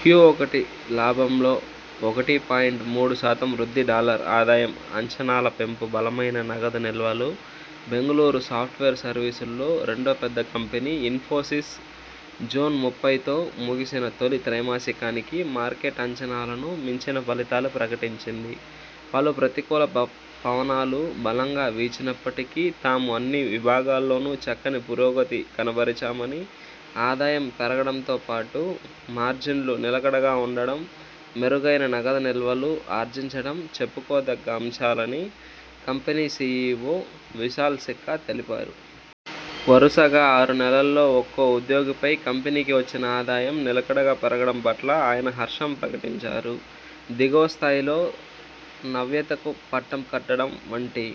క్యుఒకటి లాభంలో ఒకటి పాయింట్ మూడు శాతం వృద్ధి డాలర్ ఆదాయం అంచనాల పెంపు బలమైన నగదు నిల్వలు బెంగళూరు సాఫ్ట్వేర్ సర్వీసుల్లో రెండో పెద్ద కంపెనీ ఇన్ఫోసిస్ జూన్ ముప్పైతో ముగిసిన తొలి త్రైమాసికానికి మార్కెట్ అంచనాలను మించిన ఫలితాలు ప్రకటించింది. పలు ప్రతికూల పవనాలు బలంగా వీచినప్పటికీ తాము అన్ని విభాగాల్లోనూ చక్కని పురోగతి కనబరిచామని, ఆదాయం పెరగడంతోపాటు, మార్జిన్లు నిలకడగా ఉండడం, మెరుగైన నగదు నిల్వలు ఆర్జించడం చెప్పుకో దగ్గ అంశాలని కంపెనీ సిఇఒ విశాల్ సిక్కా తెలిపారు. వరుసగా ఆరు నెలల్లో ఒక్కో ఉద్యోగిపై కంపెనీకి వచ్చిన ఆదాయం నిలకడగా పెరగడం పట్ల ఆయన హర్షం ప్రకటించారు. దిగువ స్థాయిలో నవ్యతకు పట్టం కట్టడం వంటి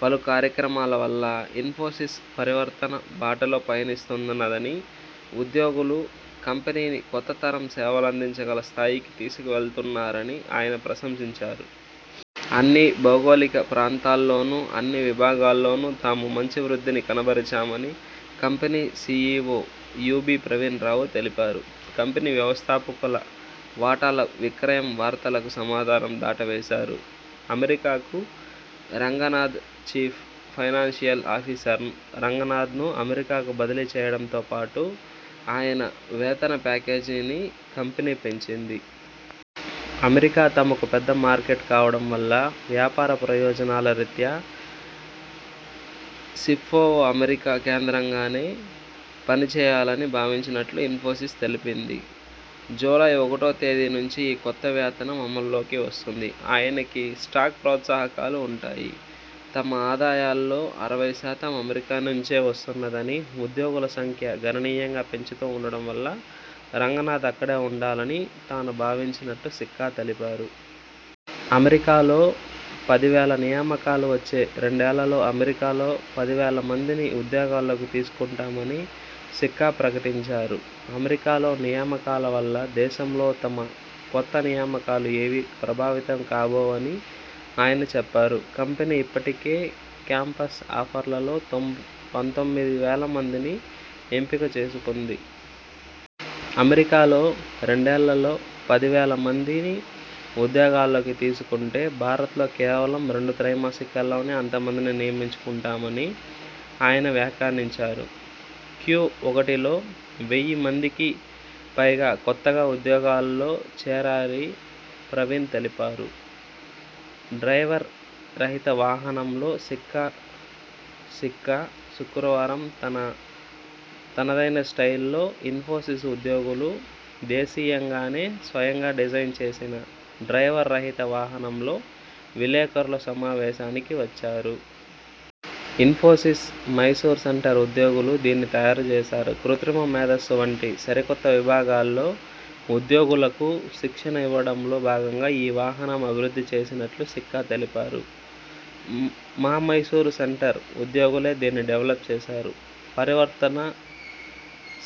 పలు కార్యక్రమాల వల్ల ఇన్ఫోసిస్ పరివర్తన బాటలో పయనిస్తున్నదని, ఉద్యోగులు కంపెనీని కొత్త తరం సేవలందించ గల స్థాయికి తీసుకువెళ్తున్నారని ఆయన ప్రశంసించారు. అన్ని భౌగోళిక ప్రాంతాల్లోను, అన్ని విభాగాల్లోను తాము మంచి వృద్ధిని కనబరిచామని company CEO UB Pravin Rao తెలిపారు. కంపెనీ వ్యవస్థాపకుల వాటాల విక్రయం వార్తలకు సమాధానం దాటవేశారు. అమెరికాకు రంగనాథ్ చీఫ్ ఫైనాన్షియల్ ఆఫీసర్ రంగనాథ్ను అమెరికాకు బదిలీ చేయడంతో పాటు ఆయన వేతన ప్యాకేజీని కంపెనీ పెంచింది. అమెరికా తమకు పెద్ద మార్కెట్ కావడం వల్ల వ్యాపార ప్రయోజనాల రీత్యా సిఎ్ఫఒ అమెరికా కేంద్రంగానే పని చేయాలని భావించినట్టు ఇన్ఫోసిస్ తెలిపింది. జూలై ఒకటో తేదీ నుంచి ఈ కొత్త వేతనం అమలులోకి వస్తుంది. ఆయనకి స్టాక్ ప్రోత్సాహకాలు ఉంటాయి. తమ ఆదాయాల్లో అరవై శాతం అమెరికా నుంచే వస్తున్నదని, ఉద్యోగుల సంఖ్య గణనీయంగా పెంచుతూ ఉండడం వల్ల రంగనాథ్ అక్కడే ఉండాలని తాను భావించినట్టు సిక్కా తెలిపారు. అమెరికాలో పది వేల నియామకాలు వచ్చే రెండేళ్లలో అమెరికాలో పది వేల మందిని ఉద్యోగాల్లోకి తీసుకుంటామని సిక్కా ప్రకటించారు. అమెరికాలో నియామకాల వల్ల దేశంలో తమ కొత్త నియామకాలు ఏవీ ప్రభావితం కాబోవని ఆయన చెప్పారు. కంపెనీ ఇప్పటికే క్యాంపస్ ఆఫర్లలో పంతొమ్మిది వేల మందిని ఎంపిక చేసుకుంది. అమెరికాలో రెండేళ్ళలో పది వేల మందిని ఉద్యోగాల్లోకి తీసుకుంటే భారత్లో కేవలం రెండు త్రైమాసికాల్లోనే అంతమందిని నియమించుకుంటామని ఆయన వ్యాఖ్యానించారు. క్యుఒకటిలో వెయ్యి మందికి పైగా కొత్తగా ఉద్యోగాల్లో చేరారి ప్రవీణ్ తెలిపారు. డ్రైవర్ రహిత వాహనంలో సిక్కా సిక్కా శుక్రవారం తనదైన స్టైల్లో ఇన్ఫోసిస్ ఉద్యోగులు దేశీయంగానే స్వయంగా డిజైన్ చేసిన డ్రైవర్ రహిత వాహనంలో విలేకరుల సమావేశానికి వచ్చారు. ఇన్ఫోసిస్ మైసూర్ సెంటర్ ఉద్యోగులు దీన్ని తయారుచేశారు. కృత్రిమ మేథస్సు వంటి సరికొత్త విభాగాల్లో ఉద్యోగులకు శిక్షణ ఇవ్వడంలో భాగంగా ఈ వాహనం అభివృద్ధి చేసినట్టు సిక్కా చెప్పారు. ''మా మైసూరు సెంటర్ ఉద్యోగులే దీన్ని డెవలప్ చేశారు. పరివర్తిత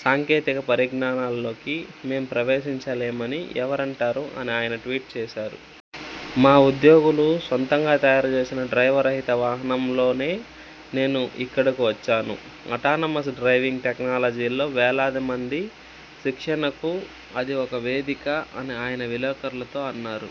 సాంకేతిక పరిజ్ఞానాల్లోకి మేం ప్రవేశించలేమని ఎవరంటారు'' అని ఆయన ట్వీట్ చేశారు. ''మా ఉద్యోగులు సొంతంగా తయారుచేసిన డ్రైవర్ రహిత వాహనంలోనే నేను ఇక్కడకు వచ్చాను, అటానమస్ డ్రైవింగ్ టెక్నాలజీల్లో వేలాది మంది శిక్షణకు అది ఒక వేదిక'' అని ఆయన విలేకరులతో అన్నారు.